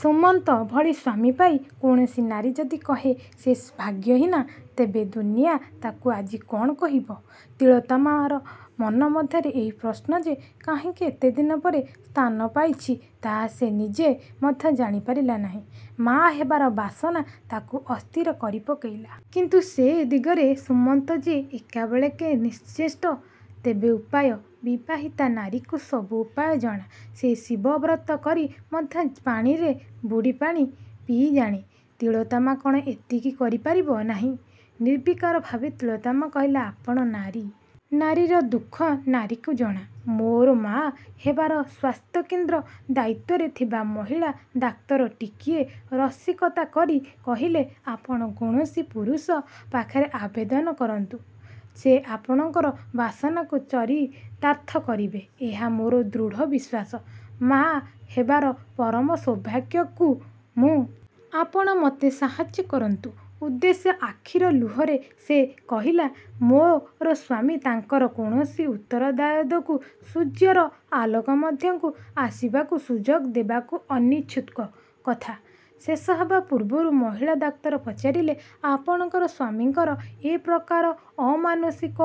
ସୁମନ୍ତ ଭଳି ସ୍ୱାମୀ ପାଇ କୌଣସି ନାରୀ ଯଦି କହେ ସେ ଭାଗ୍ୟହୀନା, ତେବେ ଦୁନିଆ ତାକୁ ଆଜି କ'ଣ କହିବ? ତିଳୋତ୍ତମାର ମନ ମଧ୍ୟରେ ଏହି ପ୍ରଶ୍ନ ଯେ କାହିଁକି ଏତେଦିନ ପରେ ସ୍ଥାନପାଇଛି ତାହା ସେ ନିଜେ ମଧ୍ୟ ଜାଣିପାରିଲା ନାହିଁ। ମା' ହେବାର ବାସନା ତାକୁ ଅସ୍ଥିର କରିପକାଇଲା। କିନ୍ତୁ ସେ ଦିଗରେ ସୁମନ୍ତ ଯେ ଏକାବେଳକେ ନିଶ୍ଚେଷ୍ଟ। ତେବେ ଉପାୟ? ବିବାହିତା ନାରୀକୁ ସବୁ ଉପାୟ ଜଣା। ସେ ଶିବବ୍ରତ କରି ମଧ୍ୟ ପାଣିରେ ବୁଡ଼ି ପାଣି ପିଇଜାଣେ। ତିଳୋତ୍ତମା କ'ଣ ଏତିକି କରିପାରିବ ନାହିଁ? ନିର୍ବିକାର ଭାବେ ତିଳୋତ୍ତମା କହିଲା, ''ଆପଣ ନାରୀ। ନାରୀର ଦୁଃଖ ନାରୀକୁ ଜଣା-। ମୋର ମା' ହେବାର। '' ସ୍ୱାସ୍ଥ୍ୟକେନ୍ଦ୍ର ଦାୟିତ୍ଵରେ ଥିବା ମହିଳା ଡାକ୍ତର ଟିକିଏ ରସିକତା କରି କହିଲେ, ''ଆପଣ କୌଣସି ପୁରୁଷ ପାଖରେ ଆବେଦନ କରନ୍ତୁ। ସେ ଆପଣଙ୍କର ବାସନାକୁ ଚରିତାର୍ଥ କରିବେ। ଏହା ମୋର ଦୃଢ଼ ବିଶ୍ୱାସ। '' ''ମାଆ ହେବାର ପରମ ସୌଭାଗ୍ୟକୁ ମୁଁ ଚିରଦିନ ପାଇଁ ବିସର୍ଜନ ଦେବାକୁ ଚାହେଁ। ଆପଣ ମୋତେ ସାହାଯ୍ୟ କରନ୍ତୁ। '' ''ଉଦ୍ଦେଶ୍ୟ? '' ଆଖିର ଲୁହରେ ସେ କହିଲା, ''ମୋର ସ୍ୱାମୀ ତାଙ୍କର କୌଣସି ଉତ୍ତରଦାୟାଦକୁ ସୂର୍ଯ୍ୟର ଆଲୋକ ମଧ୍ୟକୁ ଆସିବାକୁ ସୁଯୋଗ ଦେବାକୁ ଅନିଚ୍ଛୁକ। '' କଥା ଶେଷହେବା ପୂର୍ବରୁ ମହିଳା ଡାକ୍ତର ପଚାରିଲେ, ''ଆପଣଙ୍କ ସ୍ୱାମୀଙ୍କର ଏ ପ୍ରକାର ଅମାନୁଷିକ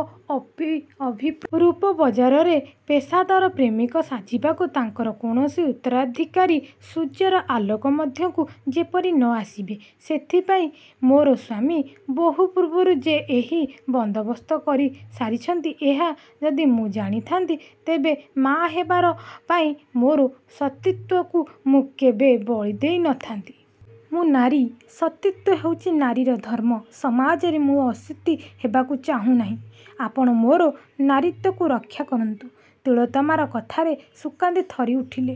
ଅଭିପ୍ରାୟର କାରଣ ଜାଣିପାରେ କି? '' ''ରୂପ ବଜାରରେ ପେଶାଦାର ପ୍ରେମିକ ସାଜିବାକୁ ତାଙ୍କର କୌଣସି ଉତ୍ତରାଧିକାରୀ ସୂର୍ଯ୍ୟର ଆଲୋକ ମଧ୍ୟକୁ ଯେପରି ନ ଆସିବେ ସେଥିପାଇଁ ମୋର ସ୍ୱାମୀ ବହୁ ପୂର୍ବରୁ ଯେ ଏହି ବନ୍ଦୋବସ୍ତ କରିସାରିଛନ୍ତି ଏହା ଯଦି ମୁଁ ଜାଣିଥାନ୍ତି ତେବେ ମାଆ ହେବାପାଇଁ ମୋର ସତୀତ୍ୱକୁ ମୁଁ କେବେ ବଳିଦେଇ ନ ଥାନ୍ତି। ମୁଁ ନାରୀ। ସତୀତ୍ୱ ହେଉଛି ନାରୀର ଧର୍ମ। ସମାଜରେ ମୁଁ ଅସତୀ ହେବାକୁ ଚାହୁଁନାହିଁ। ଆପଣ ମୋର ନାରୀତ୍ୱକୁ ରକ୍ଷା କରନ୍ତୁ। '' ତିଳୋତ୍ତମାର କଥାରେ ସୁକାନ୍ତୀ ଥରିଉଠିଲେ।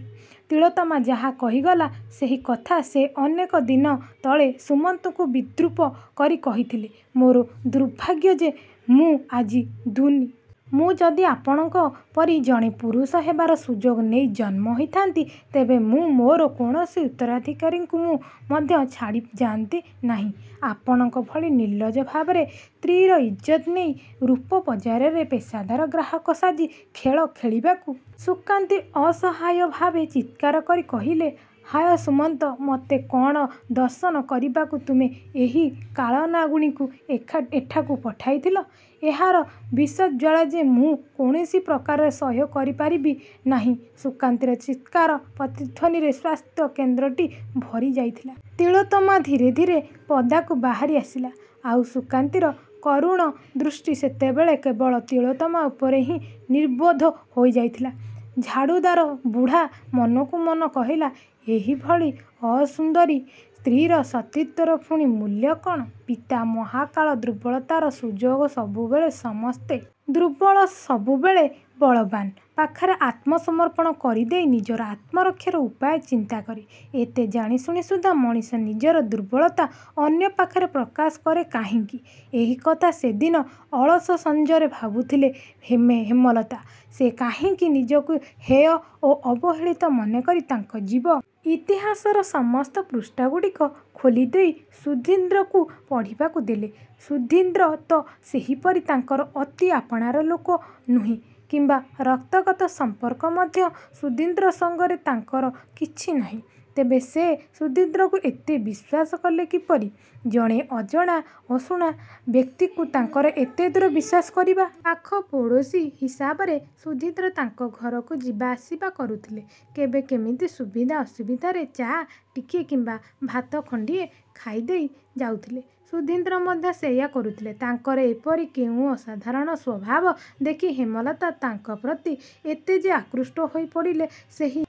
ତିଳୋତ୍ତମା ଯାହା କହିଗଲା, ସେହି କଥା ସେ ଅନେକ ଦିନ ତଳେ ସୁମନ୍ତକୁ ବିଦ୍ରୂପ କରି କହିଥିଲେ-''ମୋର ଦୁର୍ଭାଗ୍ୟ ଯେ ମୁଁ ଆଜି ଦୁନିଆରେ ନାରୀ ହୋଇ ଜନ୍ମହୋଇଛି। ମୁଁ ଯଦି ଆପଣଙ୍କ ପରି ଜଣେ ପୁରୁଷ ହେବାର ସୁଯୋଗ ନେଇ ଜନ୍ମ ହେଇଥାନ୍ତି, ତେବେ ମୁଁ ମୋର କୌଣସି ଉତ୍ତରାଧିକାରୀକୁ ମଧ୍ୟ ଛାଡ଼ି ଯାଆନ୍ତି ନାହିଁ ଆପଣଙ୍କ ଭଳି ନିର୍ଲଜ ଭାବରେ ସ୍ତ୍ରୀର ଇଜ୍ଜତ୍ ନେଇ ରୂପ ବଜାରରେ ପେଶାଦାର ଗ୍ରାହକ ସାଜି ଖେଳ ଖେଳିବାକୁ। '' ସୁକାନ୍ତୀ ଅସହାୟ ଭାବେ ଚିତ୍କାର କରି କହିଲେ, ''ହାୟ ସୁମନ୍ତ! ମୋତେ କ'ଣ ଦଂଶନ କରିବାକୁ ତୁମେ ଏହି କାଳନାଗୁଣୀକୁ ଏଠାକୁ ପଠାଇଥିଲ? ଏହାର ବିଷଜ୍ୱାଳା ଯେ ମୁଁ କୌଣସି ପ୍ରକାରେ ସହ୍ୟ କରିପାରିବି ନାହିଁ। '' ସୁକାନ୍ତୀର ଚିତ୍କାରର ପ୍ରତିଧ୍ୱନିରେ ସ୍ୱାସ୍ଥ୍ୟ କେନ୍ଦ୍ରଟି ଭରି ଯାଇଥିଲା। ତିଳୋତ୍ତମା ଧୀରେ ଧୀରେ ପଦାକୁ ବାହାରି ଆସିଲା। ଆଉ ସୁକାନ୍ତୀର କରୁଣ ଦୃଷ୍ଟି ସେତେବେଳେ କେବଳ ତିଳୋତ୍ତମା ଉପରେ ହିଁ ନିବଦ୍ଧ ହୋଇଯାଇଥିଲା। ଝାଡ଼ୁଦାର ବୁଢ଼ା ମନକୁ ମନ କହିଲା, ''ଏହିଭଳି ଅସୁନ୍ଦରୀ ସ୍ତ୍ରୀର ସତୀତ୍ୱର ପୁଣି ମୂଲ୍ୟ କ'ଣ? '' ପିତା ମହାକାଳ ଦୁର୍ବଳତାର ସୁଯୋଗ ସବୁବେଳେ ସମସ୍ତେ ନେଇଥାନ୍ତି। ଦୁର୍ବଳ ସବୁବେଳେ ବଳବାନ ପାଖରେ ଆତ୍ମସମର୍ପଣ କରିଦେଇ ନିଜର ଆତ୍ମରକ୍ଷାର ଉପାୟ ଚିନ୍ତାକରେ। ଏତେ ଜାଣିଶୁଣି ସୁଦ୍ଧା ମଣିଷ ନିଜର ଦୁର୍ବଳତା ଅନ୍ୟ ପାଖରେ ପ୍ରକାଶ କରେ କାହିଁକି? ଏହିକଥା ସେଦିନ ଅଳସ ସଞ୍ଜରେ ଭାବୁଥିଲେ ହେମଲତା। ସେ କାହିଁକି ନିଜକୁ ହେୟ ଓ ଅବହେଳିତ ମନେକରି ତାଙ୍କ ଜୀବନର। ଇତିହାସର ସମସ୍ତ ପୃଷ୍ଠାଗୁଡ଼ିକ ଖୋଲିଦେଇ ସୁଧୀନ୍ଦ୍ରକୁ ପଢ଼ିବାକୁ ଦେଲେ? ସୁଧୀନ୍ଦ୍ର ତ ସେପରି ତାଙ୍କର ଅତି ଆପଣାର ଲୋକ ନୁହେଁ କିମ୍ବା ରକ୍ତଗତ ସମ୍ପର୍କ ମଧ୍ୟ ସୁଧୀନ୍ଦ୍ର ସଙ୍ଗରେ ତାଙ୍କର କିଛି ନାହିଁ। ତେବେ ସେ ସୁଧୀନ୍ଦ୍ରକୁ ଏତେ ବିଶ୍ୱାସ କଲେ କିପରି? ଜଣେ ଅଜଣା ଅଶୁଣା ବ୍ୟକ୍ତିକୁ ତାଙ୍କର ଏତେଦୂର ବିଶ୍ୱାସ କରିବା ମୋଟେ ଉଚିତ ହୋଇନାହିଁ। ପାଖ ପଡ଼ୋଶୀ ହିସାବରେ ସୁଧୀନ୍ଦ୍ର ତାଙ୍କ ଘରକୁ ଯିବା ଆସିବା କରୁଥିଲେ। କେବେ କିମିତି ସୁବିଧା ଅସୁବିଧାରେ ଚା' ଟିକିଏ କିମ୍ବା ଭାତ ଗଣ୍ଡିଏ ଖାଇଦେଇ ଯାଉଥିଲେ। ସୁଧୀନ୍ଦ୍ର ମଧ୍ୟ ସେୟା କରୁଥିଲେ। ତାଙ୍କର ଏପରି କେଉଁ ଅସାଧାରଣ ସ୍ୱଭାବ ଦେଖି ହେମଲତା ତାଙ୍କ ପ୍ରତି ଏତେ ଯେ ଆକୃଷ୍ଟ ହୋଇପଡ଼ିଲେ, ସେହିକଥା ମନେମନେ କେବଳ ଆଲୋଚନା କରୁଥିଲେ ହେମଲତା।